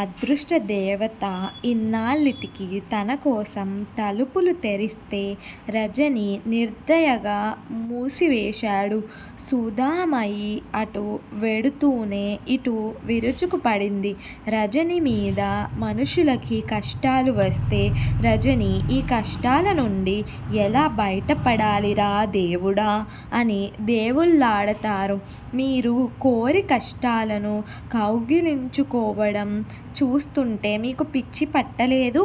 అదృష్ట దేవత ఇన్నాల్టికి తన కోసం తలుపులు తెరిస్తే రజనీ నిర్దయగా మూసివేశాడు. సుధామయి అటు వెడుతూనే ఇటు విరుచుకు పడింది రజనీ మీద. మనుషులకి కష్టాలు వస్తే రజనీ ఈ కష్టాల నుండి ఎలా బయటపడాలిరా దేవుడా అని దేవుళ్లాడతారు. మీరు కోరి కష్టాలను కౌగిలించుకోవడం చూస్తుంటే మీకు పిచ్చి పట్టలేదు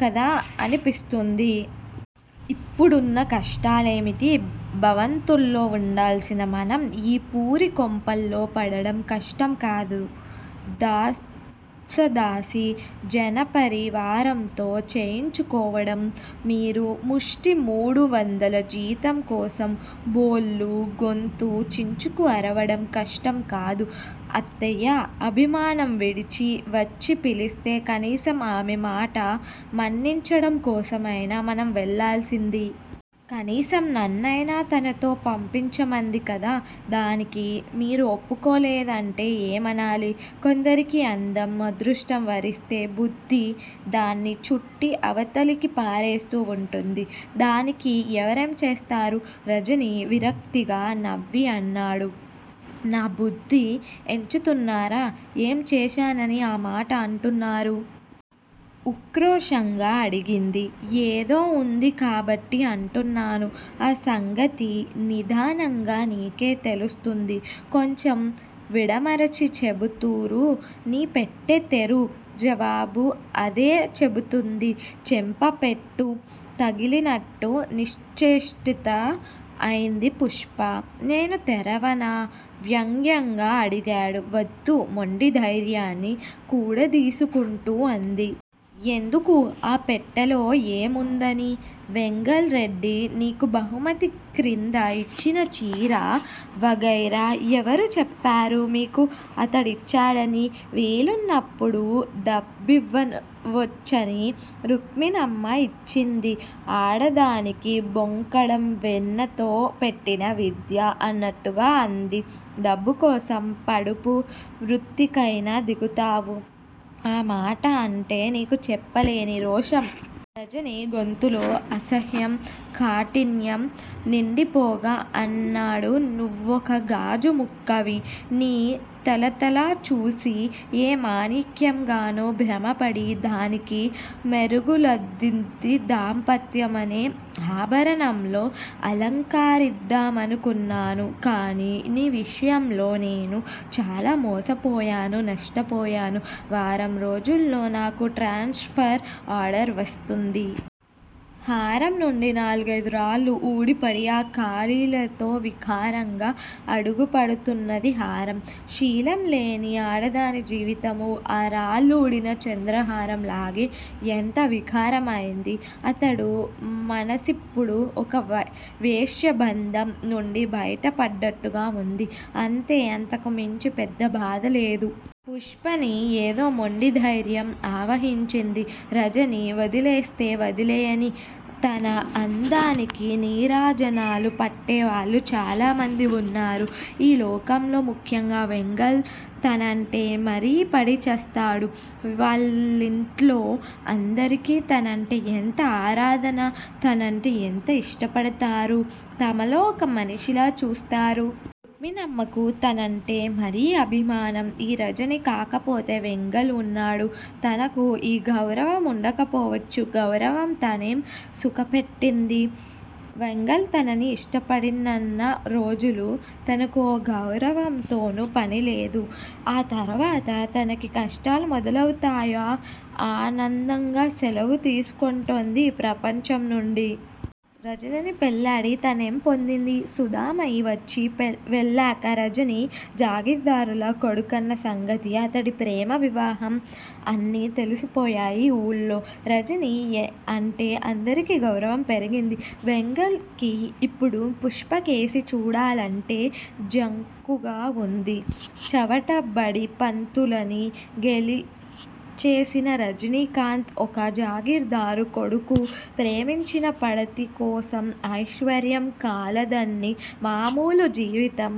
కదా అనిపిస్తుంది! ఇప్పుడున్న కష్టాలేమిటి? భవంతుల్లో వుండాల్సిన మనం ఈ పూరి కొంపలో పడడం కష్టం కాదూ? దాసదాసీ జనపరి వారంతో చేయించుకోవడం, మీరు ముష్టి మూడు వందల జీతం కోసం బోల్లు గొంతు చించుకు అరవడం కష్టం కాదూ? అత్తయ్య అభిమానం విడిచి వచ్చి పిలిస్తే కనీసం ఆమె మాట మన్నించడం కోసమైనా మనం వెళ్లాల్సింది! కనీసం నన్నైనా తనతో పంపించమంది కదా, దానికీ మీరు ఒప్పుకోలేదంటే ఏమనాలి? కొందరికి అందం అదృష్టం వరిస్తే బుద్ది దాన్ని చుట్టి అవతలకి పారేస్తూ వుంటుంది. దానికి ఎవరేం చేస్తారు? రజనీ విరక్తిగా నవ్వి అన్నాడు. నా బుద్ది ఎంచుతున్నారా? ఏం చేశానని ఆ మాట అంటున్నారు? ఉక్రోషంగా అడిగింది. ఏదో ఉంది కాబట్టి అంటున్నాను. ఆ సంగతి నిదానంగా నీకే తెలుస్తుంది! కొంచెం విడమరచి చెబుతురూ! నీ పెట్టె తెరు! జవాబు అదే చెబుతుంది. చెంప పెట్టు తగిలినట్టు నిశ్ఛేష్టిత అయింది పుష్ప. నేను తెరవనా? వ్యంగ్యంగా అడిగాడు. వద్దు. మొండి ధైర్యాన్ని కూడదీసుకుంటూ అంది. ఎందుకు! ఆ పెట్టెలో ఏముందని? వెంగల్ రెడ్డి నీకు బహుమతి క్రింద ఇచ్చిన చీర, వగైరా! ఎవరు చెప్పారు మీకు అతడిచ్చాడని? వీలున్నప్పుడు డబ్బివ్వొచ్చని రుక్మిణమ్మ ఇచ్చింది ఆడదానికి బొంకడం వెన్నతో పెట్టిన విద్య అన్నట్టుగా అంది. డబ్బు కోసం పడుపు వృత్తికైనా దిగుతావు. ఆ మాట అంటే నీకు చెప్పలేని రోషం. రజనీ గొంతులో అసహ్యం, కాఠిన్యం నిండి పోగా అన్నాడు. నువ్వొక గాజు ముక్కవి. నీ తళతళ చూసి ఏ మాణిక్యంగానో భ్రమ పడి దానికి మెరుగులుదిద్ది దాంపత్యమనే ఆభరణంలో అలంకరిద్దామనుకున్నాను. కానీ, నీ విషయంలో నేను చాలా మోసపోయాను, నష్టపోయాను. వారంరోజుల్లో నాకు ట్రాన్శ్ ఫర్ ఆర్డర్ వస్తుంది. హారంనుండి నాలుగైదు రాళ్లు ఊడి పడి ఆ కాళీలతో వికారంగా అడుగుపడుతున్నది హారం. శీలం లేని ఆడదాని జీవితమూ ఆ రాళ్లూడిన చంద్రహారం లాగే ఎంత వికారమైంది. అతడు మనసిప్పుడు ఒక వేశ్య బంధం నుండి బయట పడ్డట్టుగా వుంది. అంతే! అంతకు మించి పెద్ద బాధ లేదు. పుష్పని ఏదో మొండి ధైర్యం ఆవహించింది. రజనీ వదిలేస్తే వదిలేయనీ, తన అందానికి నీరాజనాలు పట్టేవాళ్లు చాలా మంది వున్నారు ఈ లోకంలో. ముఖ్యంగా వెంగల్ తనంటే మరీ పడి చస్తాడు. వాళ్లింట్లో అందరికీ తనంటే ఎంత ఆరాధన! తనంటే ఎంత ఇష్టపడతారు? తమలో ఒక మనిషిలా చూస్తారు. రుక్మిణమ్మ కు తనంటే మరీ అభిమానం. ఈ రజనీ కాకపోతే వెంగల్ వున్నాడు తనకు. ఈ గౌరవం ఉండకపోవచ్చు. గౌరవం తనేం సుఖ పెట్టింది. వెంగల్ తనని ఇష్టపడినన్న రోజులు తనకు ఓ గౌరవంతోనూ పనిలేదు. ఆ తరువాత తనకి కష్టాలు మొదలువతాయా, ఆనందంగా సెలవు తీసుకొంటుంది ఈ ప్రపంచం నుండి. రజనీని పెళ్లాడి తనేం పొందింది. సుధామయి వచ్చి వెళ్లాక రజనీ జాగీర్దారుల కొడుకన్న సంగతి అతడి ప్రేమ వివాహం అన్నీ తెలిసిపోయాయి ఊళ్లో. రజనీ అంటే అందరకీ గౌరవం పెరిగింది. వెంగళ్ కి ఇప్పుడు పుష్పకేసి చూడాలంటే జంకుగా వుంది. చవట బడి పంతులని గేలిచేసిన రజనీకాంత్ ఒక జాగీర్దారు కొడుకు. ప్రేమించిన పడతికోసం ఐశ్వర్యం కాలదన్ని మామూలు జీవితం